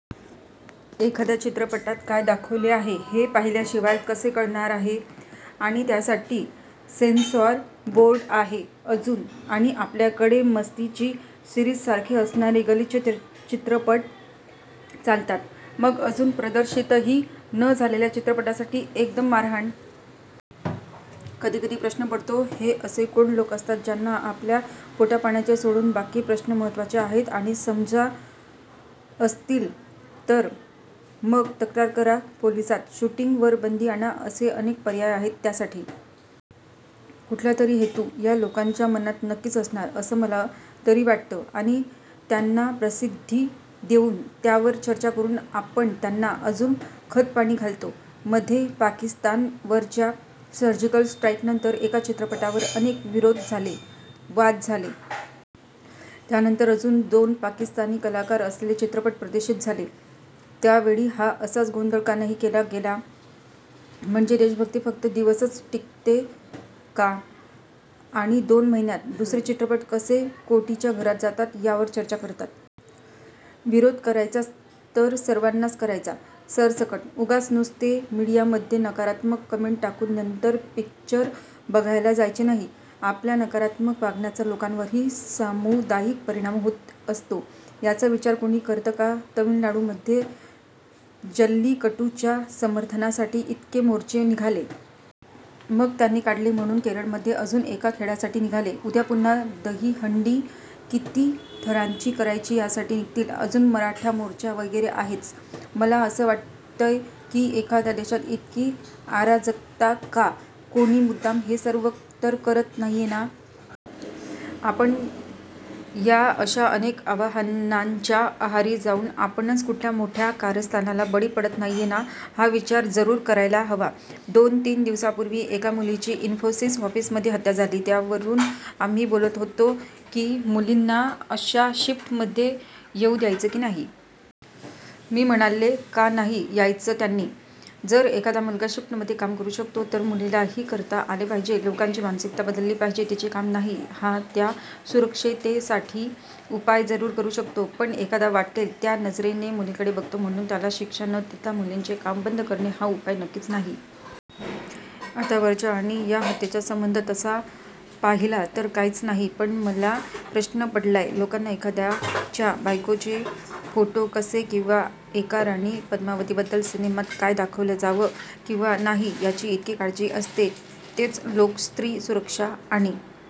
एखाद्या चित्रपटात काय दाखवले आहे हे पाहिल्याशिवाय कसे कळणार आहे? आणि त्यासाठी सेन्सॉर बोर्ड आहे अजून. आणि आपल्याकडे मस्ती च्या सिरीजसारखे असणारे गलिच्छ चित्रपट चालतात, मग अजून प्रदर्शितही न झालेल्या चित्रपटासाठी एकदम मारहाण? कधी कधी प्रश्न पडतो हे असे कोण लोक असतात ज्यांना आपल्या पोटापाण्याचे सोडून बाकी प्रश्न महत्वाचे आहेत? आणि समजा असतील तर मग तक्रार करा पोलिसात, शूटिंग वर बंदी आणा, असे अनेक पर्याय आहेत त्यासाठी. कुठला तरी हेतू या लोकांच्या मनात नक्कीच असणार असं मला तरी वाटतं आणि त्यांना प्रसिद्धी देऊन, त्यावर चर्चा करून आपण त्यांना अजून खतपाणी घालतो. मध्ये पाकिस्तानवरच्या सर्जिकल स्ट्राईक नंतर, एका चित्रपटावर अनेक विरोध झाले, वाद झाले. त्यानंतर अजून दोन पाकिस्तानी कलाकार असलेले चित्रपट प्रदर्शित झाले. त्यावेळी हा असाच गोंधळ का नाही केला गेला? म्हणजे देशभक्ती फक्त दिवसच टिकते का? आणि दोन महिन्यात, दुसरे चित्रपट कसे कोटीच्या घरात जातात यावर चर्चा करतात. विरोध करायचाच तर सर्वांनाच करायचा, सरसकट. उगाच नुसते मीडियामध्ये नकारात्मक कमेंट टाकून नंतर पिक्चर बघायला जायचे नाही. आपल्या नकारात्मक वागण्याचा लोकांवरही सामुदायिक परिणाम होत असतो याचा विचार कुणी करतं का? तामिळनाडू मध्ये जल्लीकटूच्या समर्थनासाठी इतके मोर्चे निघाले. मग त्यांनी काढले म्हणून केरळमध्ये अजून एका खेळासाठी निघाले. उद्या पुन्हा दहीहंडी किती थरांची करायची यासाठी निघतील. अजून मराठा मोर्चा वगैरे आहेच. मला असं वाटतंय की एखाद्या देशात इतकी अराजकता का? कोणी मुद्दाम हे सर्व तर करत नाहीये ना? आपण या अशा अनेक आवाहनांच्या आहारी जाऊन आपणच कुठल्या मोठ्या कारस्थानाला बळी पडत नाहीये ना हा विचार जरूर करायला हवा. दोन तीन दिवसांपूर्वी एका मुलीची इन्फोसिस ऑफिस मध्ये हत्या झाली. त्यावरून आम्ही बोलत होतो की मुलींना अशा शिफ्ट मध्ये येऊ द्यायचं की नाही? मी म्हणले का नाही यायचं त्यांनी? जर एखादा मुलगा शिफ्ट मध्ये काम करू शकतो तर मुलीलाही करता आले पाहिजे. लोकांची मानसिकता बदलली पाहिजे, तिचे काम नाही? हा, त्या सुरक्षिततेसाठी उपाय जरूर करू शकतो, पण एखादा वाटेल त्या नजरेने मुलीकडे बघतो म्हणून त्याला शिक्षा न देता मुलींचे काम बंद करणे हा उपाय नक्कीच नाही. आता वरच्या आणि या हत्येचा संबंध तसा पाहिला तर काहीच नाही. पण मला प्रश्न पडलाय, लोकांना एखाद्याच्या बायकोचे फोटो कसे किंवा एका राणी पद्मावती बद्दल सिनेमात काय दाखवलं जावं किंवा नाही याची इतकी काळजी असते, तेच लोक स्त्री सुरक्षा आणि